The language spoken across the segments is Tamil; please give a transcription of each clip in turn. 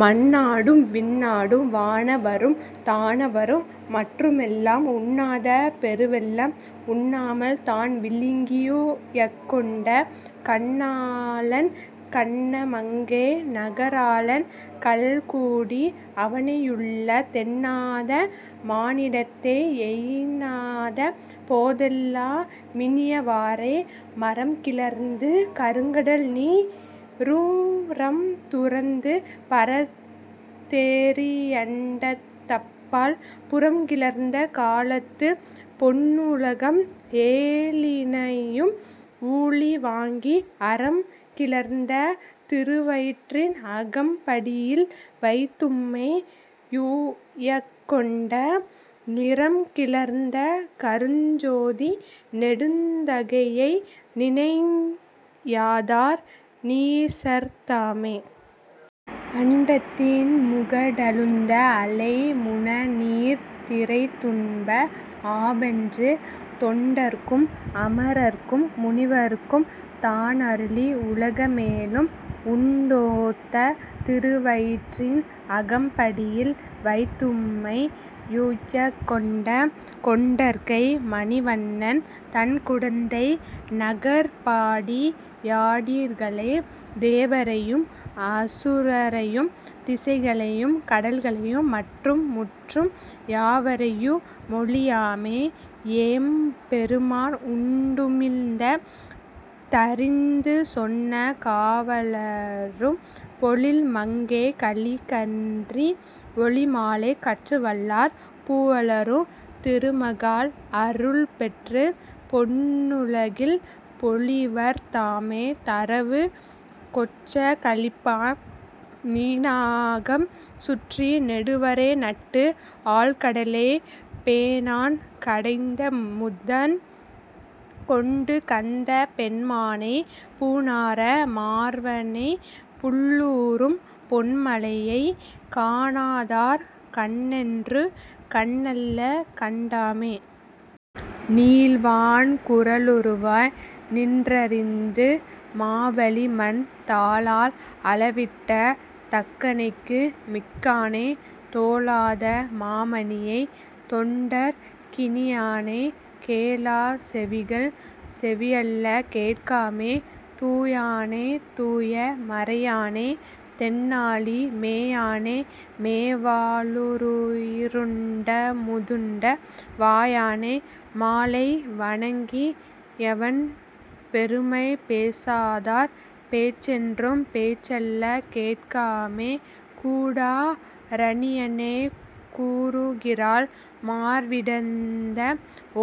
மண்ணாடும் விண்ணாடும் வானவரும் தானவரும் மற்றுமெல்லாம் உண்ணாத பெருவெள்ளம் உண்ணாமல் தான்விழுங்கி யுய்யக்கொண்ட, கண்ணாளன் கண்ணமங்கை நகராளன் கழல்சூடி, அவனையுள்ளத் தெண்ணாத மானிடத்தை யெண்ணாத போதெல்லா மினியவாறே. மறம்கிளர்ந்து கருங்கடல்நீ ருரம்துரந்து பரந்தேறி யண்டத்தப்பால், புறம்கிளர்ந்த காலத்துப் பொன்னுலகம் ஏழினையும் ஊழில்வாங்கி, அறம்கிளர்ந்த திருவயிற்றின் அகம்படியில் வைத்தும்மை யுய்யக்கொண்ட, நிறம்கிளர்ந்த கருஞ்சோதி நெடுந்தகையை நினையாதார் நீசர்தாமே.. அண்டத்தின் முகடழுந்த அலைமுநநீர்த் திரைததும்ப ஆவவென்று, தொண்டர்க்கும் அமரர்க்கும் முனிவர்க்கும் தானருளி, உலகமேழும் உண்டொத்த திருவயிற்றின் அகம்படியில் வைத்தும்மை யுய்யக்கொண்ட, கொண்டற்கை மணிவண்ணன் தண்குடந்தை நகர்ப்பாடி யாடீர்களே. தேவரையும் அசுரரையும் திசைகளையும் கடல்களையும் மற்றும் முற்றும், யாவரையு மொழியாமே யெம்பெருமான் உண்டுமிழ்ந்த தறிந்துசொன்ன, காவளரும் பொழில்மங்கைக் கலிகன்றி ஒலிமாலை கற்று வல்லார், பூவளரும் திருமகளால் அருள்பெற்றுப் பொன்னுலகில் பொலிவர் தாமே தரவு கொச்சக் கலிப்பா நீணாகம் சுற்றி நெடுவரைநட்டு, ஆழ்கடலைப் பேணான் கடைந்தமுதம் கொண்டுகந்த பெம்மானை, பூணார மார்வனைப் புள்ளூரும் பொன்மலையை, காணாதார் கண்ணென்றும் கண்ணல்ல கண்டாமே. நீள்வான் குறளுருவாய் நின்றிரந்து மாவலிமண், தாளால் அளவிட்ட தக்கணைக்கு மிக்கானை, தோளாத மாமணியைத் தொண்டர்க் கினியானை, கேளாச் செவிகள் செவியல்ல கேட்டாமே. தூயானைத் தூய மறையானை, தென்னாலி மேயானை மேவா ளுயிருண் டமுதுண்ட வாயானை, மாலை வணங்கி யவன்பெருமை, பேசாதார் பேச்சென்றும் பேச்சல்ல கேட்டாமே. கூடா இரணியனைக் கூருகிரால் மார்விடந்த,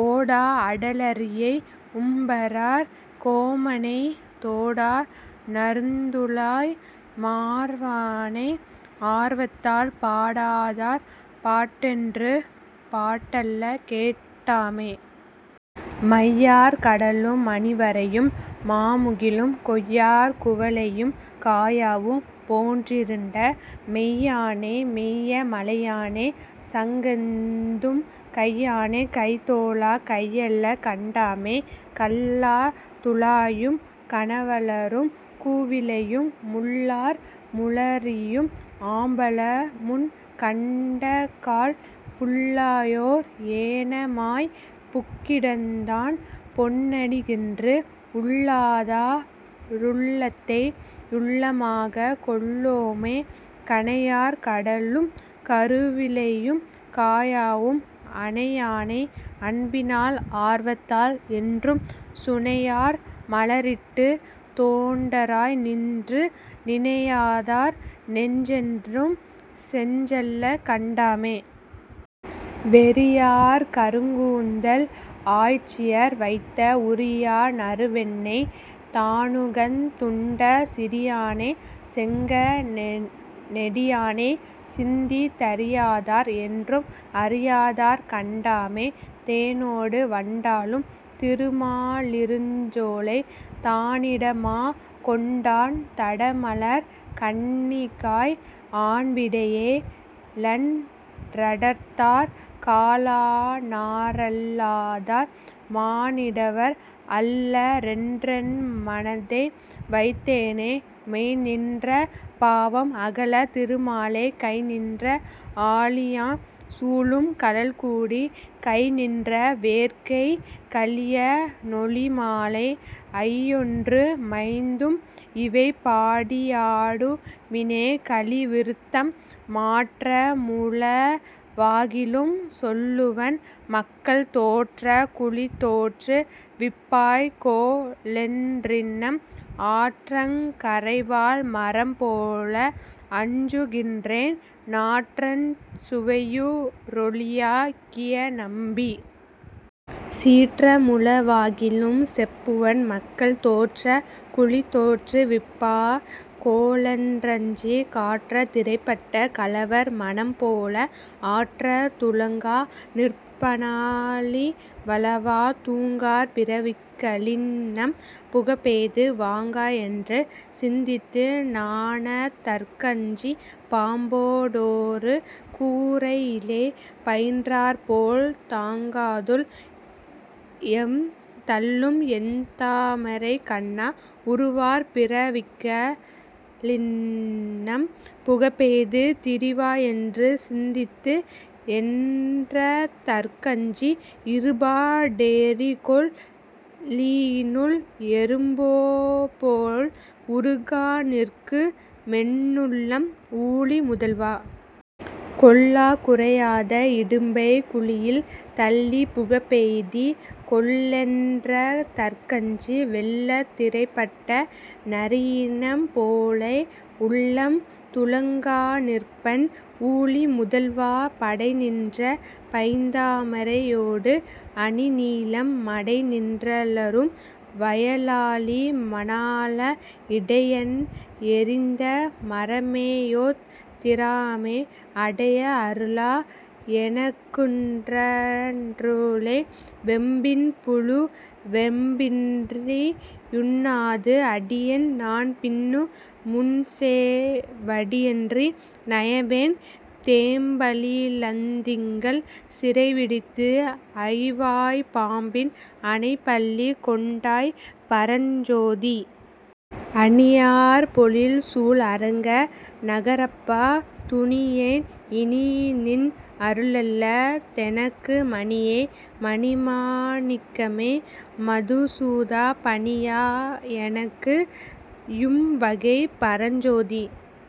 ஓடா அடலரியை உம்பரார் கோமனை, தோடார் நறுந்துழாய் மார்வனை, ஆர்வத்தால் பாடாதார் பாட்டென்றும் பாட்டல்ல கேட்டாமே. மையார் கடலும் மணிவரையும் மாமுகிலும், கொய்யார் குவளையும் காயாவும் போன்றிருண்ட மெய்யானை, மெய்ய மலையானைச் சங்கேந்தும் கையானை, கைதொழா கையல்ல கண்டாமே. கள்ளார் துழாயும் கணவலரும் கூவிளையும், முள்ளார் முளரியும் ஆம்பலுமுன் கண்டக்கால், புள்ளாயோர் ஏனமாய்ப் புக்கிடந்தான் பொன்னடிக்கென்று, உள்ளாதா ருள்ளத்தை யுள்ளமாக் கொள்ளோமே. கனையார் கடலும் கருவிளையும் காயாவும் அனையானை, அன்பினால் ஆர்வத்தால், என்றும் சுனையார் மலரிட்டுத் தொண்டராய் நின்று, நினையாதார் நெஞ்சென்றும் செஞ்சல்ல கண்டாமே. வெறியார் கருங்கூந்தல் ஆய்ச்சியர் வைத்த உறியார் நறுவெண்ணெய் தானுகந் துண்ட சிறியானை, செங்க ணெடியானைச் சிந்தித் தறியாதார், என்றும் அறியாதார் கண்டாமே. தேனோடு வண்டாலும் திருமா லிருஞ்சோலை, தானிடமாக் கொண்டான் தடமலர்க் கண்ணிக்காய், ஆன்விடையே ழன்றடர்த்தாற் காளானா ரல்லாதார், மானிடவர் அல்லரென் றென்மனத்தே வைத்தேனே. மெய்ந்நின்ற பாவம் அகல, திருமாலைக் கைந்நின்ற ஆழியான் சூழும் கழல்சூடி, கைந்நின்ற வேற்கைக் கலிய னொலிமாலை, ஐயொன்று மைந்தும் இவைபாடி யாடுமினே கலிவிருத்தம் மாற்றமுள வாகிலும் சொல்லுவன், மக்கள் தோற்றக் குழிதோற்று விப்பாய்கொ லென்றின்னம், ஆற்றங் கரைவாழ் மரம்போல அஞ்சுகின்றேன், நாற்றஞ் சுவையூ றொலியா கியநம்பீ.. சீற்றமுள வாகிலும் செப்புவன், மக்கள் தோற்றக் குழிதோற்று விப்பாய்கொ லென்றஞ்சி, காற்றத் திடைப்பட்ட கலவர் மனம்போல, ஆற்றத் துளங்கா நிற்பனா ழிவலவா.. தூங்கார் பிறவிக்க ளின்னம் புகப்பெய்து, வாங்காயென்று சிந்தித்து நானதற் கஞ்சி, பாம்போ டொருகூ ரையிலே பயின்றாற்போல், தாங்காதுள் ளம்தள்ளும் என்தா மரைக்கண்ணா.. உருவார் பிறவிக்க ளின்னம் புகப்பெய்து, திரிவாயென்று சிந்தித்தி யென்றதற் கஞ்சி, இருபா டெரிகொள் ளியினுள் எறும்பேபோல், உருகாநிற்கு மென்னுள்ளம் ஊழி முதல்வா.. கொள்ளக் குறையாத இடும்பைக் குழியில், தள்ளி புகப்பெய்தி கொல்லென் றதற்கஞ்சி, வெள்ளத் திடைப்பட்ட நரியினம் போலே, உள்ளம் துளங்காநிற்பன் ஊழி முதல்வா.. படைநின்ற பைந்தா மரையோடு அணிநீலம் மடைநின் றலரும் வயலாலி மணாளா, இடையன் எறிந்த மரமேயொத் திராமே, அடைய அருளா யெனக்குன்ற னருளே. வேம்பின்புழு வேம்பின்றி யுண்ணாது, அடியேன் நான்பின்னு முன்சே வடியன்றி நயவேன், தேம்பலிளந் திங்கள் சிறைவிடுத்து, ஐவாய்ப் பாம்பின் அணைப்பள்ளி கொண்டாய் பரஞ்சோதீ.. அணியார் பொழில்சூழ் அரங்க நகரப்பா, துணியேன் இனிநின் அருளல்ல தெனக்கு, மணியே. மணிமா ணிக்கமே. மதுசூதா, பணியா யெனக்குய் யும்வகை, பரஞ்சோதீ.